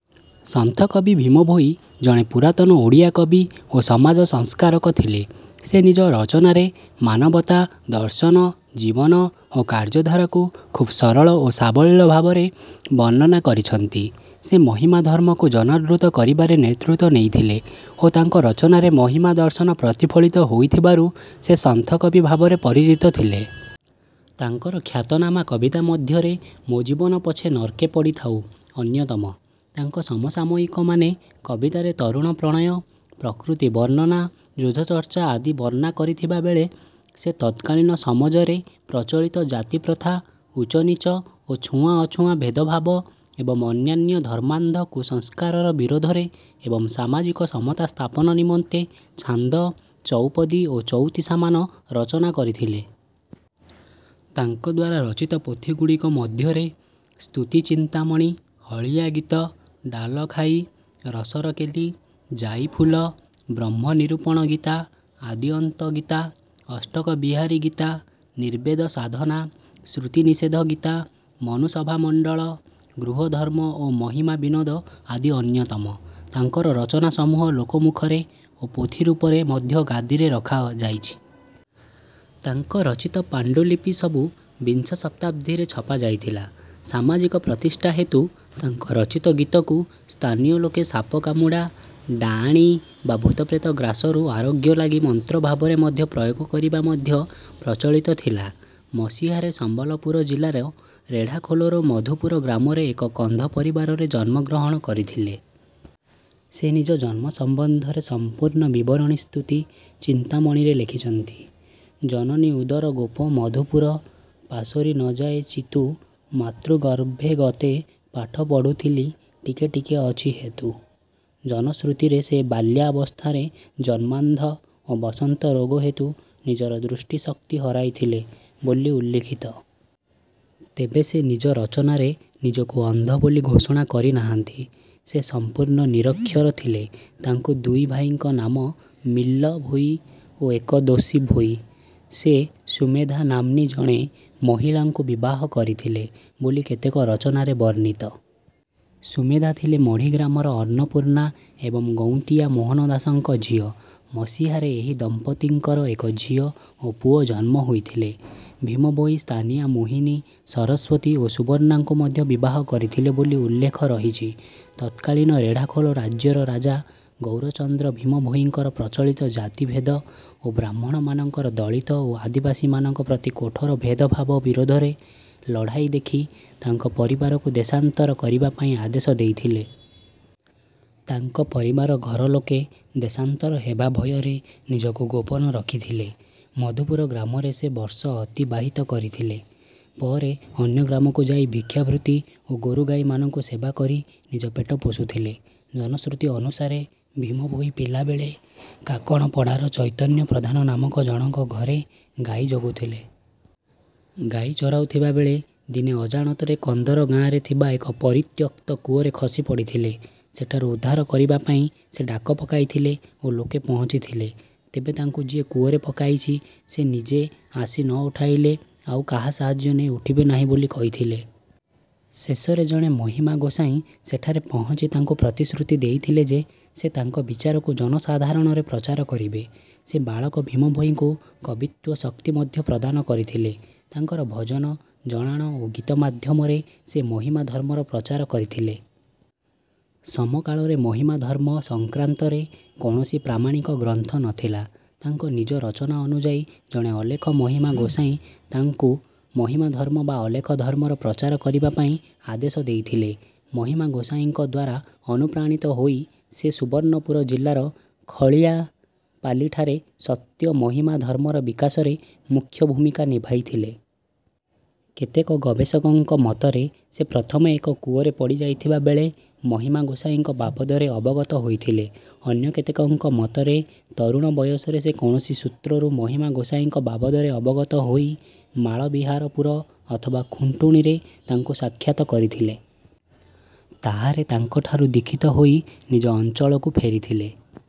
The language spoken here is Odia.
ସନ୍ଥକବି ଭୀମ ଭୋଇ ଜଣେ ପୁରାତନ ଓଡ଼ିଆ କବି ଓ ସମାଜ ସଂସ୍କାରକ ଥିଲେ। ସେ ନିଜ ରଚନାରେ ମାନବତା, ଦର୍ଶନ, ଜୀବନ ଓ କାର୍ଯ୍ୟ ଧାରାକୁ ଖୁବ ସରଳ ଓ ସାବଲୀଳ ଭାବରେ ବର୍ଣ୍ଣନା କରିଛନ୍ତି। ସେ ମହିମା ଧର୍ମକୁ ଜନାଦୃତ କରିବାରେ ନେତୃତ୍ୱ ନେଇଥିଲେ ଓ ତାଙ୍କ ରଚନାରେ ମହିମା ଦର୍ଶନ ପ୍ରତିଫଳିତ ହୋଇଥିବାରୁ ସେ "ସନ୍ଥ କବି" ଭାବରେ ପରିଚିତ ଥିଲେ। ତାଙ୍କର ଖ୍ୟାତନାମା କବିତା ମଧ୍ୟରେ "ମୋ ଜୀବନ ପଛେ ନର୍କେ ପଡ଼ିଥାଉ" ଅନ୍ୟତମ। ତାଙ୍କ ସମସାମୟିକମାନେ କବିତାରେ ତରୁଣ ପ୍ରଣୟ, ପ୍ରକୃତି ବର୍ଣ୍ଣନା, ଯୁଦ୍ଧଚର୍ଚ୍ଚା ଆଦି ବର୍ଣ୍ଣା କରିଥିବା ବେଳେ ସେ ତତ୍କାଳୀନ ସମଜରେ ପ୍ରଚଳିତ ଜାତିପ୍ରଥା, ଉଚ୍ଚନୀଚ ଓ ଛୁଆଁଅଛୁଆଁ ଭେଦଭାବ ଏବଂ ଅନ୍ୟାନ୍ୟ ଧର୍ମାନ୍ଧ କୁସଂସ୍କାରର ବିରୋଧରେ ଏବଂ ସାମାଜିକ ସମତା ସ୍ଥାପନା ନିମନ୍ତେ ଛାନ୍ଦ, ଚଉପଦୀ ଓ ଚଉତିଶାମାନ ରଚନା କରିଥିଲେ। ତାଙ୍କଦ୍ୱାରା ରଚିତ ପୋଥିଗୁଡ଼ିକ ମଧ୍ୟରେ ସ୍ତୁତିଚିନ୍ତାମଣି, ହଳିଆ ଗୀତ, ଡାଲଖାଈ, ରସରକେଲି, ଯାଇଫୁଲ, ବ୍ରହ୍ମ ନିରୂପଣ ଗୀତା, ଆଦିଅନ୍ତ ଗୀତା, ଅଷ୍ଟକ ବିହାରୀ ଗୀତା, ନିର୍ବେଦ ସାଧନା, ଶ୍ରୁତିନିଷେଧ ଗୀତା, ମନୁସଭାମଣ୍ଡଳ, ଗୃହଧର୍ମ ଓ ମହିମାବିନୋଦ ଆଦି ଅନ୍ୟତମ। ତାଙ୍କର ରଚନାସମୂହ ଲୋକମୁଖରେ ଓ ପୋଥି ରୂପରେ ମଧ୍ୟ ଗାଦିରେ ରଖାଯାଇଛି। ତାଙ୍କ ରଚିତ ପାଣ୍ଡୁଲିପିସବୁ ବିଂଶ ଶତାବ୍ଦୀରେ ଛପାଯାଇଥିଲା। ସାମାଜିକ ପ୍ରତିଷ୍ଠା ହେତୁ ତାଙ୍କ ରଚିତ ଗୀତକୁ ସ୍ଥାନୀୟ ଲୋକେ ସାପକାମୁଡ଼ା, ଡାଆଣୀ ବା ଭୂତପ୍ରେତ ଗ୍ରାସରୁ ଆରୋଗ୍ୟ ଲାଗି ମନ୍ତ୍ର ଭାବରେ ମଧ୍ୟ ପ୍ରୟୋଗ କରିବା ମଧ୍ୟ ପ୍ରଚଳିତ ଥିଲା। ମସିହାରେ ସମ୍ବଲପୁର ଜିଲ୍ଲାର ରେଢ଼ାଖୋ ଲର ମଧୁପୁର ଗ୍ରାମରେ ଏକ କନ୍ଧ ପରିବାରରେ ଜନ୍ମଗ୍ରହଣ କରିଥିଲେ। ସେ ନିଜ ଜନ୍ମ ସମ୍ବନ୍ଧରେ ସମ୍ପୂର୍ଣ୍ଣ ବିବରଣୀ ସ୍ତୁତି ଚିନ୍ତାମଣିରେ ଲେଖିଛନ୍ତି: ଜନନୀ ଉଦର ଗୋପ ମଧୁପୁର ପାଶୋରି ନ ଯାଏ ଚିତ୍ତୁ ମାତୃଗର୍ଭେଗତେ ପାଠ ପଢ଼ୁଥିଲି ଟିକେ ଟିକେ ଅଛି ହେତୁ।। ଜନଶ୍ରୁତିରେ ସେ ବାଲ୍ୟାବସ୍ଥାରେ ଜନ୍ମାନ୍ଧ ଓ ବସନ୍ତ ରୋଗ ହେତୁ ନିଜର ଦୃଷ୍ଟିଶକ୍ତି ହରାଇଥିଲେ ବୋଲି ଉଲ୍ଲିଖିତ। ତେବେ ସେ ନିଜ ରଚନାରେ ନିଜକୁ ଅନ୍ଧ ବୋଲି ଘୋଷଣା କରିନାହାନ୍ତି। ସେ ସମ୍ପୂର୍ଣ୍ଣ ନିରକ୍ଷର ଥିଲେ। ତାଙ୍କ ଦୁଇ ଭାଇଙ୍କ ନାମ ମିଲ୍ଲ ଭୋଇ ଓ ଏକାଦୋଷୀ ଭୋଇ। ସେ ସୁମେଧା ନାମ୍ନୀ ଜଣେ ମହିଳାଙ୍କୁ ବିବାହ କରିଥିଲେ ବୋଲି କେତେକ ରଚନାରେ ବର୍ଣ୍ଣିତ। ସୁମେଧା ଥିଲେ ମଢ଼ି ଗ୍ରାମର ଅନ୍ନପୂର୍ଣ୍ଣା ଏବଂ ଗୌନ୍ତିଆ ମୋହନ ଦାସଙ୍କ ଝିଅ। ମସିହାରେ ଏହି ଦମ୍ପତ୍ତିଙ୍କର ଏକ ଝିଅ ଓ ପୁଅ ଜନ୍ମ ହୋଇଥିଲେ। ଭୀମ ଭୋଇ ସ୍ଥାନୀୟା ମୋହିନୀ, ସରସ୍ୱତୀ ଓ ସୁବର୍ଣ୍ଣାଙ୍କୁ ମଧ୍ୟ ବିବାହ କରିଥିଲେ ବୋଲି ଉଲ୍ଲେଖ ରହିଛି। ତତ୍କାଳୀନ ରେଢ଼ାଖୋଲ ରାଜ୍ୟର ରାଜା ଗୌରଚନ୍ଦ୍ର ଭୀମ ଭୋଇଙ୍କର ପ୍ରଚଳିତ ଜାତି ଭେଦ ଓ ବ୍ରାହ୍ମଣମାନଙ୍କର ଦଳିତ ଓ ଆଦିବାସୀମାନଙ୍କ ପ୍ରତି କଠୋର ଭେଦଭାବ ବିରୋଧରେ ଲଢ଼ାଇ ଦେଖି ତାଙ୍କ ପରିବାରକୁ ଦେଶାନ୍ତର କରିବା ପାଇଁ ଆଦେଶ ଦେଇଥିଲେ। ତାଙ୍କ ପରିବାର ଘରଲୋକେ ଦେଶାନ୍ତର ହେବା ଭୟରେ ନିଜକୁ ଗୋପନ ରଖିଥିଲେ। ମଧୁପୁର ଗ୍ରାମରେ ସେ ବର୍ଷ ଅତିବାହିତ କରିଥିଲେ। ପରେ ଅନ୍ୟ ଗ୍ରାମକୁ ଯାଇ ଭିକ୍ଷା ବୃତ୍ତି ଓ ଗୋରୁଗାଈମାନଙ୍କୁ ସେବା କରି ନିଜ ପେଟ ପୋଷୁଥିଲେ। ଜନଶ୍ରୁତି ଅନୁସାରେ ଭୀମ ଭୋଇ ପିଲା ବେଳେ କାକଣପଡ଼ାର ଚୈତନ୍ୟ ପ୍ରଧାନ ନାମକ ଜଣକ ଘରେ ଗାଈ ଜଗୁଥିଲେ। ଗାଈ ଚରାଉ ଥିବା ବେଳେ ଦିନେ ଅଜାଣତରେ କନ୍ଦରା ଗାଁରେ ଥିବା ଏକ ପରିତ୍ୟକ୍ତ କୂଅରେ ଖସିପଡ଼ିଥିଲେ। ସେଠାରୁ ଉଦ୍ଧାର କରିବାପାଇଁ ସେ ଡାକ ପକାଇଥିଲେ ଓ ଲୋକେ ପହଞ୍ଚିଥିଲେ। ତେବେ ତାଙ୍କୁ ଯିଏ କୂଅରେ ପକାଇଛି ସେ ନିଜେ ଆସି ନ ଉଠାଇଲେ ଆଉ କାହା ସାହାଯ୍ୟ ନେଇ ଉଠିବେ ନାହିଁ ବୋଲି କହିଥିଲେ। ଶେଷରେ ଜଣେ ମହିମା ଗୋସାଇଁ ସେଠାରେ ପହଞ୍ଚି ତାଙ୍କୁ ପ୍ରତିଶ୍ରୁତି ଦେଇଥିଲେ ଯେ ସେ ତାଙ୍କ ବିଚାରକୁ ଜନସାଧାରଣରେ ପ୍ରଚାର କରିବେ। ସେ ବାଳକ ଭୀମଭୋଇଙ୍କୁ କବିତ୍ୱ-ଶକ୍ତି ମଧ୍ୟ ପ୍ରଦାନ କରିଥିଲେ। ତାଙ୍କର ଭଜନ, ଜଣାଣ ଓ ଗୀତ ମାଧ୍ୟମରେ ସେ ମହିମା ଧର୍ମର ପ୍ରଚାର କରିଥିଲେ। ସମକାଳରେ ମହିମାଧର୍ମ ସଂକ୍ରାନ୍ତରେ କୌଣସି ପ୍ରାମାଣିକ ଗ୍ରନ୍ଥ ନଥିଲା। ତାଙ୍କ ନିଜ ରଚନା ଅନୁଯାୟୀ ଜଣେ ଅଲେଖ ମହିମା ଗୋସାଇଁ ତାଙ୍କୁ ମହିମା ଧର୍ମ ବା ଅଲେଖ ଧର୍ମର ପ୍ରଚାର କରିବାପାଇଁ ଆଦେଶ ଦେଇଥିଲେ। ମହିମା ଗୋସାଇଁଙ୍କଦ୍ୱାରା ଅନୁପ୍ରାଣିତ ହୋଇ ସେ ସୁବର୍ଣ୍ଣପୁର ଜିଲ୍ଲାର ଖଲିଆପାଲିଠାରେ ସତ୍ୟ ମହିମା ଧର୍ମର ବିକାଶରେ ମୁଖ୍ୟ ଭୂମିକା ନିଭାଇଥିଲେ। କେତେକ ଗବେଷକଙ୍କ ମତରେ ସେ ପ୍ରଥମେ ଏକ କୂଅରେ ପଡ଼ିଯାଇଥିବା ବେଳେ ମହିମା ଗୋସାଇଁଙ୍କ ବାବଦରେ ଅବଗତ ହୋଇଥିଲେ। ଅନ୍ୟ କେତେକଙ୍କ ମତରେ ତରୁଣ ବୟସରେ ସେ କୌଣସି ସୂତ୍ରରୁ ମହିମା ଗୋସାଇଁଙ୍କ ବାବଦରେ ଅବଗତ ହୋଇ ମାଳବିହାରପୁର ଅଥବା ଖୁଣ୍ଟୁଣିରେ ତାଙ୍କୁ ସାକ୍ଷାତ କରିଥିଲେ। ତାହାରେ ତାଙ୍କଠାରୁ ଦୀକ୍ଷିତ ହୋଇ ନିଜ ଅଞ୍ଚଳକୁ ଫେରିଥିଲେ।